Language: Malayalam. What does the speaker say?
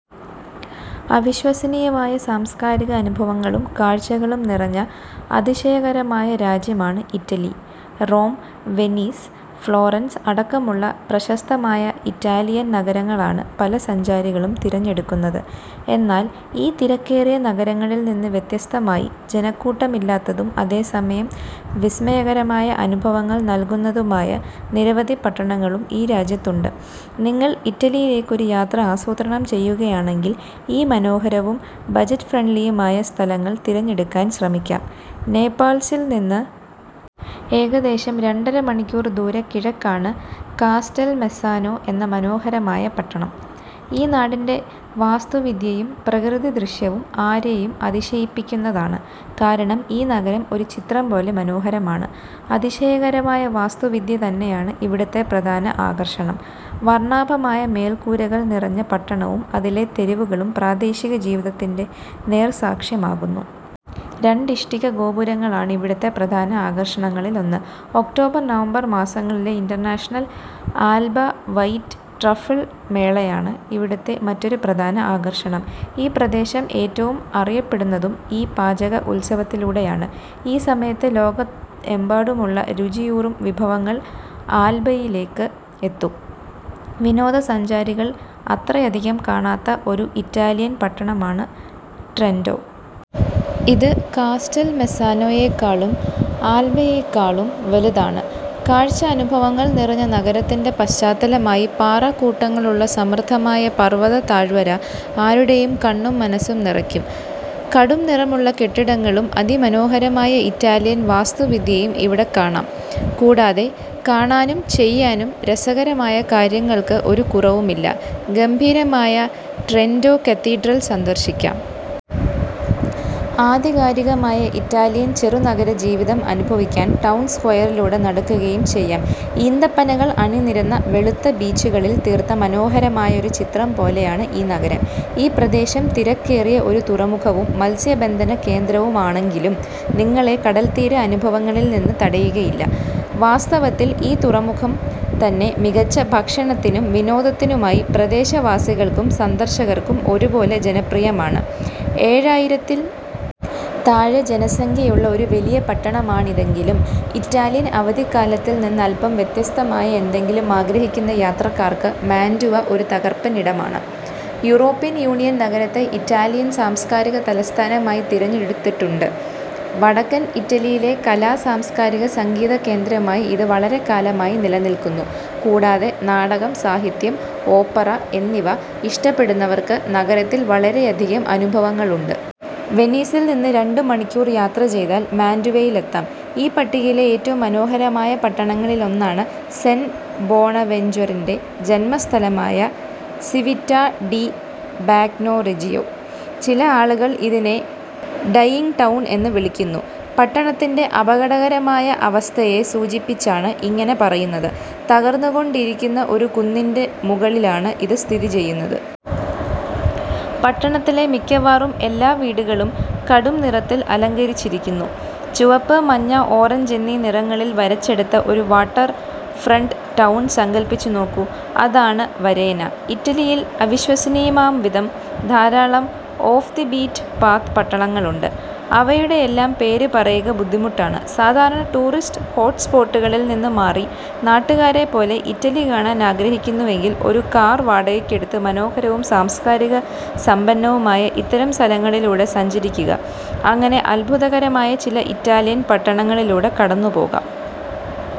അവിശ്വസനീയമായ സാംസ്കാരിക അനുഭവങ്ങളും കാഴ്ചകളും നിറഞ്ഞ അതിശയകരമായ രാജ്യമാണ് ഇറ്റലി. റോം, വെനീസ്, ഫ്ലോറൻസ് അടക്കമുള്ള പ്രശസ്തമായ ഇറ്റാലിയൻ നഗരങ്ങളാണ് പല സഞ്ചാരികളും തിരഞ്ഞെടുക്കുന്നത്. എന്നാൽ ഈ തിരക്കേറിയ നഗരങ്ങളിൽനിന്ന് വ്യത്യസ്തമായി ജനക്കൂട്ടമില്ലാത്തതും അതേസമയം വിസ്മയകരമായ അനുഭവങ്ങൾ നൽകുന്നതുമായ നിരവധി പട്ടണങ്ങളും ഈ രാജ്യത്തുണ്ട്. നിങ്ങൾ ഇറ്റലിയിലേക്ക് ഒരു യാത്ര ആസൂത്രണം ചെയ്യുകയാണെങ്കിൽ ഈ മനോഹരവും ബജറ്റ് ഫ്രണ്ട്ലിയുമായ സ്ഥലങ്ങൾ തിരഞ്ഞെടുക്കാൻ ശ്രമിക്കാം. നേപ്പിൾസിൽനിന്ന് ഏകദേശം രണ്ടര മണിക്കൂർ ദൂരെ കിഴക്കാണ് കാസ്റ്റൽമെസ്സാനോ എന്ന മനോഹരമായ പട്ടണം. ഈ നാടിന്റെ വാസ്തുവിദ്യയും പ്രകൃതിദൃശ്യങ്ങളും ആരെയും അതിശയിപ്പിക്കുന്നതാണ്. കാരണം ഈ നഗരം ഒരു ചിത്രം പോലെ മനോഹരമാണ്. അതിശയകരമായ വാസ്തുവിദ്യ തന്നെയാണ് ഇവിടുത്തെ പ്രധാന ആകർഷണം. വർണ്ണാഭമായ മേൽക്കൂരകൾ നിറഞ്ഞ പട്ടണവും അതിലെ തെരുവുകളും പ്രാദേശിക ജീവിതത്തിന്റെ നേർസാക്ഷ്യമാകുന്നു. രണ്ട് ഇഷ്ടിക ഗോപുരങ്ങളാണ് ഇവിടുത്തെ പ്രധാന ആകർഷണങ്ങളിലൊന്ന്. ഒക്ടോബർ, നവംബർ മാസങ്ങളിലെ ഇന്റർനാഷണൽ ആൽബ വൈറ്റ് ട്രഫിൾ മേളയാണ് ഇവിടുത്തെ മറ്റൊരു പ്രധാന ആകർഷണം. ഈ പ്രദേശം ഏറ്റവും അറിയപ്പെടുന്നതും ഈ പാചക ഉത്സവത്തിലൂടെയാണ്. ഈ സമയത്ത് ലോകമെമ്പാടുമുള്ള രുചിയൂറും വിഭവങ്ങൾ ആൽബയിലേക്ക് എത്തും. വിനോദസഞ്ചാരികൾ അത്രയധികം കാണാത്ത ഒരു ഇറ്റാലിയൻ പട്ടണമാണ് ട്രെന്റോ. ഇത് കാസ്റ്റൽമെസ്സാനോയേക്കാളും ആൽബയേക്കാളും വലുതാണ്. കാഴ്ചാനുഭവങ്ങൾ നിറഞ്ഞ നഗരത്തിന്റെ പശ്ചാത്തലമായി പാറക്കൂട്ടങ്ങളുള്ള സമൃദ്ധമായ പർവത താഴ്വര ആരുടെയും കണ്ണും മനസ്സും നിറയ്ക്കും. കടുംനിറമുള്ള കെട്ടിടങ്ങളും അതിമനോഹരമായ ഇറ്റാലിയൻ വാസ്തുവിദ്യയും ഇവിടെ കാണാം. കൂടാതെ കാണാനും ചെയ്യാനും രസകരമായ കാര്യങ്ങൾക്ക് ഒരു കുറവുമില്ല. ഗംഭീരമായ ട്രെന്റോ കത്തീഡ്രൽ സന്ദർശിക്കാം. ആധികാരികമായ ഇറ്റാലിയൻ ചെറുനഗര ജീവിതം അനുഭവിക്കാൻ ടൗൺ സ്ക്വയറിലൂടെ നടക്കുകയും ചെയ്യാം. ഈന്തപ്പനകൾ അണിനിരന്ന വെളുത്ത ബീച്ചുകളിൽ തീർത്ത മനോഹരമായ ഒരു ചിത്രം പോലെയാണ് ഈ നഗരം. ഈ പ്രദേശം തിരക്കേറിയ ഒരു തുറമുഖവും മത്സ്യബന്ധന കേന്ദ്രവുമാണെങ്കിലും നിങ്ങളെ കടൽത്തീര അനുഭവങ്ങളിൽനിന്ന് തടയുകയില്ല. വാസ്തവത്തിൽ ഈ തുറമുഖം തന്നെ മികച്ച ഭക്ഷണത്തിനും വിനോദത്തിനുമായി പ്രദേശവാസികൾക്കും സന്ദർശകർക്കും ഒരുപോലെ ജനപ്രിയമാണ്. ഏഴായിരത്തിൽ താഴെ ജനസംഖ്യയുള്ള ഒരു വലിയ പട്ടണമാണിതെങ്കിലും ഇറ്റാലിയൻ അവധിക്കാലത്തിൽനിന്ന് അൽപം വ്യത്യസ്തമായ എന്തെങ്കിലും ആഗ്രഹിക്കുന്ന യാത്രക്കാർക്ക് മാന്റുവ ഒരു തകർപ്പൻ ഇടമാണ്. യൂറോപ്യൻ യൂണിയൻ നഗരത്തെ ഇറ്റാലിയൻ സാംസ്കാരിക തലസ്ഥാനമായി തിരഞ്ഞെടുത്തിട്ടുണ്ട്. വടക്കൻ ഇറ്റലിയിലെ കലാ സാംസ്കാരിക സംഗീത കേന്ദ്രമായി ഇത് വളരെക്കാലമായി നിലനിൽക്കുന്നു. കൂടാതെ നാടകം സാഹിത്യം ഓപ്പറ എന്നിവ ഇഷ്ടപ്പെടുന്നവർക്ക് നഗരത്തിൽ വളരെയധികം അനുഭവങ്ങളുണ്ട്. വെനീസിൽനിന്ന് രണ്ട് മണിക്കൂർ യാത്ര ചെയ്താൽ മാന്റുവയിലെത്താം.ഈ പട്ടികയിലെ ഏറ്റവും മനോഹരമായ പട്ടണങ്ങളിലൊന്നാണ് സെന്റ് ബോണവെൻച്വറിന്റെ ജന്മസ്ഥലമായ സിവിറ്റ ഡി ബാഗ്നോറെജിയോ. ചില ആളുകൾ ഇതിനെ ഡൈയിങ് ടൗൺ എന്ന് വിളിക്കുന്നു. പട്ടണത്തിന്റെ അപകടകരമായ അവസ്ഥയെ സൂചിപ്പിച്ചാണ് ഇങ്ങനെ പറയുന്നത്. തകർന്നുകൊണ്ടിരിക്കുന്ന ഒരു കുന്നിൻ മുകളിലാണ് ഇത് സ്ഥിതിചെയ്യുന്നത്. പട്ടണത്തിലെ മിക്കവാറും എല്ലാ വീടുകളും കടുംനിറത്തിൽ അലങ്കരിച്ചിരിക്കുന്നു. ചുവപ്പ്, മഞ്ഞ, ഓറഞ്ച് എന്നീ നിറങ്ങളിൽ വരച്ചെടുത്ത ഒരു വാട്ടർഫ്രണ്ട് ടൗൺ സങ്കൽപിച്ചു നോക്കൂ. അതാണ് വരേന. ഇറ്റലിയിൽ അവിശ്വസനീയമാംവിധം ധാരാളം ഓഫ് ദി ബീറ്റ് പാത്ത് പട്ടണങ്ങളുണ്ട്. അവയുടെയെല്ലാം പേര് പറയുക ബുദ്ധിമുട്ടാണ്. സാധാരണ ടൂറിസ്റ്റ് ഹോട്ട് സ്പോട്ടുകളിൽനിന്ന് മാറി നാട്ടുകാരെപ്പോലെ ഇറ്റലി കാണാൻ ആഗ്രഹിക്കുന്നുവെങ്കിൽ ഒരു കാർ വാടകയ്ക്കെടുത്ത് മനോഹരവും സാംസ്കാരിക സമ്പന്നവുമായ ഇത്തരം സ്ഥലങ്ങളിലൂടെ സഞ്ചരിക്കുക. അങ്ങനെ അദ്ഭുതകരമായ ചില ഇറ്റാലിയൻ പട്ടണങ്ങളിലൂടെ കടന്നുപോകാം.